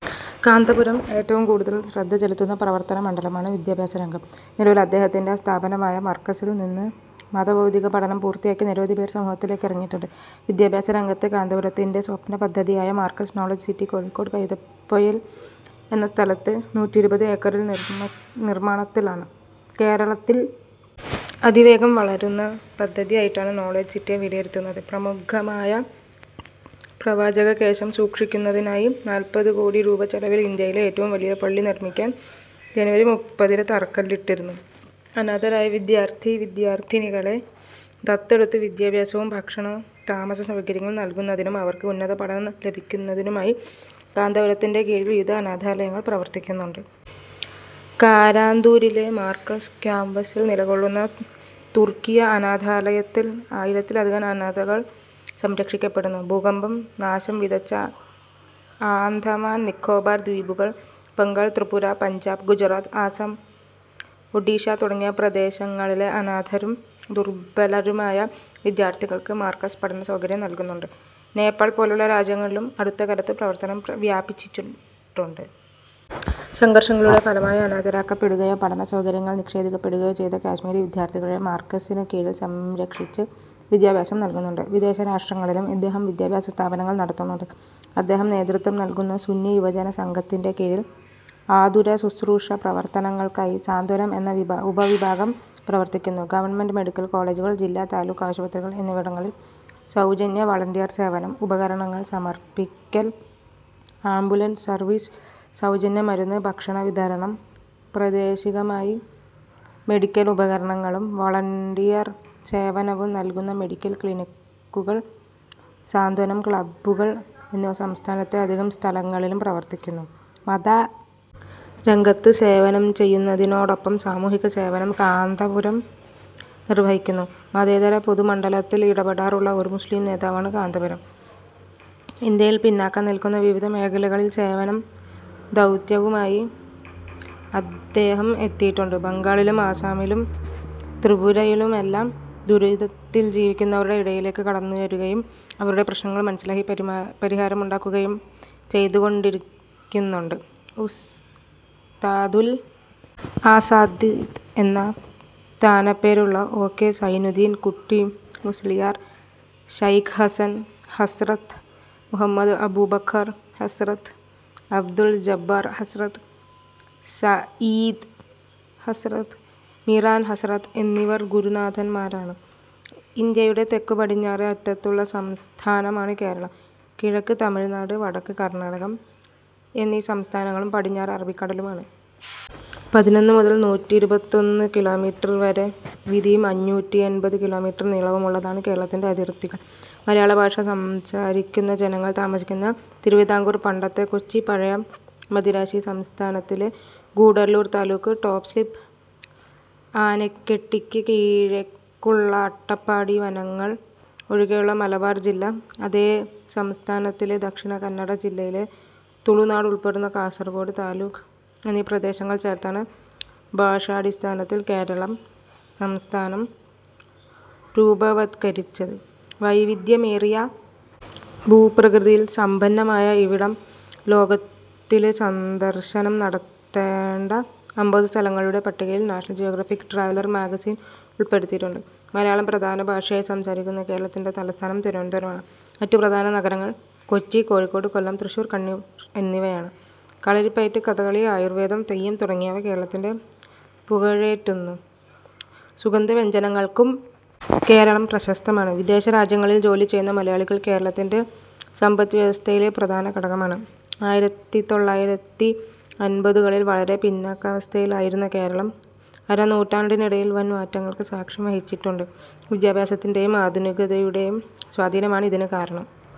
കാന്തപുരം ഏറ്റവും കൂടുതൽ ശ്രദ്ധ ചെലുത്തുന്ന പ്രവർത്തന മണ്ഡലമാണ് വിദ്യാഭ്യാസ രംഗം. നിലവിൽ അദ്ദേഹത്തിൻ്റെ സ്ഥാപനമായ മർകസിൽ നിന്ന് മത ഭൗതിക പഠനം പൂർത്തിയാക്കി നിരവധി പേർ സമൂഹത്തിലേക്ക് ഇറങ്ങിയിട്ടുണ്ട്. വിദ്യാഭ്യാസ രംഗത്തെ കാന്തപുരത്തിൻ്റെ സ്വപ്ന പദ്ധതിയായ മർകസ് നോളജ് സിറ്റി കോഴിക്കോട് കൈതപ്പൊയിൽ എന്ന സ്ഥലത്ത് നൂറ്റിയിരുപത് ഏക്കറിൽ നിർമ്മാണത്തിലാണ്. കേരളത്തിൽ അതിവേഗം വളരുന്ന പദ്ധതിയായിട്ടാണ് നോളജ് സിറ്റിയെ വിലയിരുത്തുന്നത്. പ്രമുഖമായ പ്രവാചക കേശം സൂക്ഷിക്കുന്നതിനായി നാൽപ്പത് കോടി രൂപ ചെലവിൽ ഇന്ത്യയിലെ ഏറ്റവും വലിയ പള്ളി നിർമ്മിക്കാൻ ജനുവരി മുപ്പതിന് തറക്കല്ലിട്ടിരുന്നു. അനാഥരായ വിദ്യാർഥി വിദ്യാർഥിനികളെ ദത്തെടുത്ത് വിദ്യാഭ്യാസവും ഭക്ഷണ, താമസ സൗകര്യങ്ങളും നൽകുന്നതിനും അവർക്ക് ഉന്നത പഠനം ലഭ്യമാക്കുന്നതിനുമായി കാന്തപുരത്തിൻ്റെ കീഴിൽ വിവിധ അനാഥാലയങ്ങൾ പ്രവർത്തിക്കുന്നുണ്ട്. കാരന്തൂരിലെ മർകസ് ക്യാമ്പസിൽ നിലകൊള്ളുന്ന തുർക്കിയ്യ അനാഥാലയത്തിൽ ആയിരത്തിലധികം അനാഥകൾ സംരക്ഷിക്കപ്പെടുന്നു. ഭൂകമ്പം നാശം വിതച്ച ആന്തമാൻ നിക്കോബാർ ദ്വീപുകൾ, ബംഗാൾ, ത്രിപുര, പഞ്ചാബ്, ഗുജറാത്ത്, അസം, ഒഡീഷ തുടങ്ങിയ പ്രദേശങ്ങളിലെ അനാഥരും ദുർബലരുമായ വിദ്യാർഥികൾക്ക് മർകസ് പഠന സൗകര്യം നൽകുന്നുണ്ട്. നേപ്പാൾ പോലുള്ള രാജ്യങ്ങളിലും അടുത്തകാലത്ത് പ്രവർത്തനം വ്യാപിപ്പിച്ചിട്ടുണ്ട്. സംഘർഷങ്ങളുടെ ഫലമായി അനാഥരാക്കപ്പെടുകയോ പഠന സൗകര്യങ്ങൾ നിഷേധിക്കപ്പെടുകയോ ചെയ്ത കാശ്മീരി വിദ്യാർഥികളെ മർകസിനു കീഴിൽ സംരക്ഷിച്ച് വിദ്യാഭ്യാസം നൽകുന്നുണ്ട്. വിദേശ രാഷ്ട്രങ്ങളിലും ഇദ്ദേഹം വിദ്യാഭ്യാസ സ്ഥാപനങ്ങൾ നടത്തുന്നുണ്ട്. അദ്ദേഹം നേതൃത്വം നൽകുന്ന സുന്നി യുവജന സംഘത്തിൻ്റെ കീഴിൽ ആതുരശുശ്രൂഷ പ്രവർത്തനങ്ങൾക്കായി സാന്ത്വനം എന്ന ഉപവിഭാഗം പ്രവർത്തിക്കുന്നു. ഗവൺമെന്റ് മെഡിക്കൽ കോളേജുകൾ, ജില്ലാ താലൂക്ക് ആശുപത്രികൾ എന്നിവിടങ്ങളിൽ സൗജന്യ വളണ്ടിയർ സേവനം, ഉപകരണങ്ങൾ സമർപ്പിക്കൽ, ആംബുലൻസ് സർവീസ്, സൗജന്യ മരുന്ന് ഭക്ഷണ വിതരണം, പ്രാദേശികമായി മെഡിക്കൽ ഉപകരണങ്ങളും വളണ്ടിയർ സേവനവും നൽകുന്ന മെഡിക്കൽ ക്ലിനിക്കുകൾ, സാന്ത്വനം ക്ലബ്ബുകൾ എന്നിവ സംസ്ഥാനത്തെ അധികം സ്ഥലങ്ങളിലും പ്രവർത്തിക്കുന്നു. മത രംഗത്ത് സേവനം ചെയ്യുന്നതിനോടൊപ്പം സാമൂഹിക സേവനവും കാന്തപുരം നിർവഹിക്കുന്നു. മതേതര പൊതുമണ്ഡലത്തിൽ ഇടപെടാറുള്ള ഒരു മുസ്ലിം നേതാവാണ് കാന്തപുരം. ഇന്ത്യയിൽ പിന്നാക്കം നിൽക്കുന്ന വിവിധ മേഖലകളിൽ സേവന ദൗത്യവുമായി അദ്ദേഹം എത്തിയിട്ടുണ്ട്. ബംഗാളിലും അസമിലും ത്രിപുരയിലുമെല്ലാം ദുരിതത്തിൽ ജീവിക്കുന്നവരുടെ ഇടയിലേക്ക് കടന്നുവരികയും അവരുടെ പ്രശ്നങ്ങൾ മനസ്സിലാക്കി പരിഹാരമുണ്ടാക്കുകയും ചെയ്തുകൊണ്ടിരിക്കുന്നുണ്ട്. ഉസ്താദുൽ അസാതീദ് എന്ന സ്ഥാനപ്പേരുള്ള ഒ. കെ. സൈനുദ്ധീൻ കുട്ടി മുസ്ലിയാർ, ശൈഖ് ഹസൻ ഹസ്റത്ത്, മുഹമ്മദ് അബൂബക്കർ ഹസ്റത്ത്, അബ്ദുൽ ജബ്ബാർ ഹസ്റത്ത്, സഈദ് ഹസ്റത്ത്, മീറാൻ ഹസ്റത്ത് എന്നിവർ ഗുരുനാഥന്മാരാണ്. ഇന്ത്യയുടെ തെക്കുപടിഞ്ഞാറെ അറ്റത്തുള്ള സംസ്ഥാനമാണ് കേരളം. കിഴക്ക് തമിഴ്നാട്, വടക്ക് കർണാടകം എന്നീ സംസ്ഥാനങ്ങളും പടിഞ്ഞാറ് അറബിക്കടലുമാണ്. പതിനൊന്ന് മുതൽ നൂറ്റിയിരുപത്തിയൊന്ന് കിലോമീറ്റർ വരെ വീതിയും അഞ്ഞൂറ്റി എൺപത് കിലോമീറ്റർ നീളവുമുള്ളതാണ് കേരളത്തിൻ്റെ അതിർത്തികൾ. മലയാള ഭാഷ സംസാരിക്കുന്ന ജനങ്ങൾ താമസിക്കുന്ന തിരുവിതാംകൂർ, പണ്ടത്തെ കൊച്ചി, പഴയ മദിരാശി സംസ്ഥാനത്തിലെ ഗൂഡല്ലൂർ താലൂക്ക്, ടോപ് സ്ലിപ്പ്, ആനക്കെട്ടിക്ക് കിഴക്കുള്ള അട്ടപ്പാടി വനങ്ങൾ ഒഴികെയുള്ള മലബാർ ജില്ല, അതേ സംസ്ഥാനത്തിലെ ദക്ഷിണ കന്നഡ ജില്ലയിലെ തുളുനാട് ഉൾപ്പെടുന്ന കാസർഗോഡ് താലൂക്ക് എന്നീ പ്രദേശങ്ങൾ ചേർത്താണ് ഭാഷാടിസ്ഥാനത്തിൽ കേരള സംസ്ഥാനം രൂപവത്കരിച്ചത്. വൈവിധ്യമേറിയ ഭൂപ്രകൃതിയാൽ സമ്പന്നമായ ഇവിടം ലോകത്തിലെ സന്ദർശനം നടത്തേണ്ട അമ്പത് സ്ഥലങ്ങളുടെ പട്ടികയിൽ നാഷണൽ ജിയോഗ്രാഫിക് ട്രാവലർ മാഗസിൻ ഉൾപ്പെടുത്തിയിട്ടുണ്ട്. മലയാളം പ്രധാന ഭാഷയായി സംസാരിക്കുന്ന കേരളത്തിൻ്റെ തലസ്ഥാനം തിരുവനന്തപുരമാണ്. മറ്റു പ്രധാന നഗരങ്ങൾ കൊച്ചി, കോഴിക്കോട്, കൊല്ലം, തൃശ്ശൂർ, കണ്ണൂർ എന്നിവയാണ്. കളരിപ്പയറ്റ്, കഥകളി, ആയുർവേദം, തെയ്യം തുടങ്ങിയവ കേരളത്തിൻ്റെ പുകഴേറ്റുന്നു. സുഗന്ധവ്യഞ്ജനങ്ങൾക്കും കേരളം പ്രശസ്തമാണ്. വിദേശരാജ്യങ്ങളിൽ ജോലി ചെയ്യുന്ന മലയാളികൾ കേരളത്തിൻ്റെ സമ്പദ്‌വ്യവസ്ഥയിലെ പ്രധാന ഘടകമാണ്. ആയിരത്തി തൊള്ളായിരത്തി അൻപതുകളിൽ വളരെ പിന്നാക്കാവസ്ഥയിലായിരുന്ന കേരളം അരനൂറ്റാണ്ടിനിടയിൽ വൻ മാറ്റങ്ങൾക്ക് സാക്ഷ്യം വഹിച്ചിട്ടുണ്ട്. വിദ്യാഭ്യാസത്തിൻ്റെയും ആധുനികതയുടെയും സ്വാധീനമാണ് ഇതിന് കാരണം.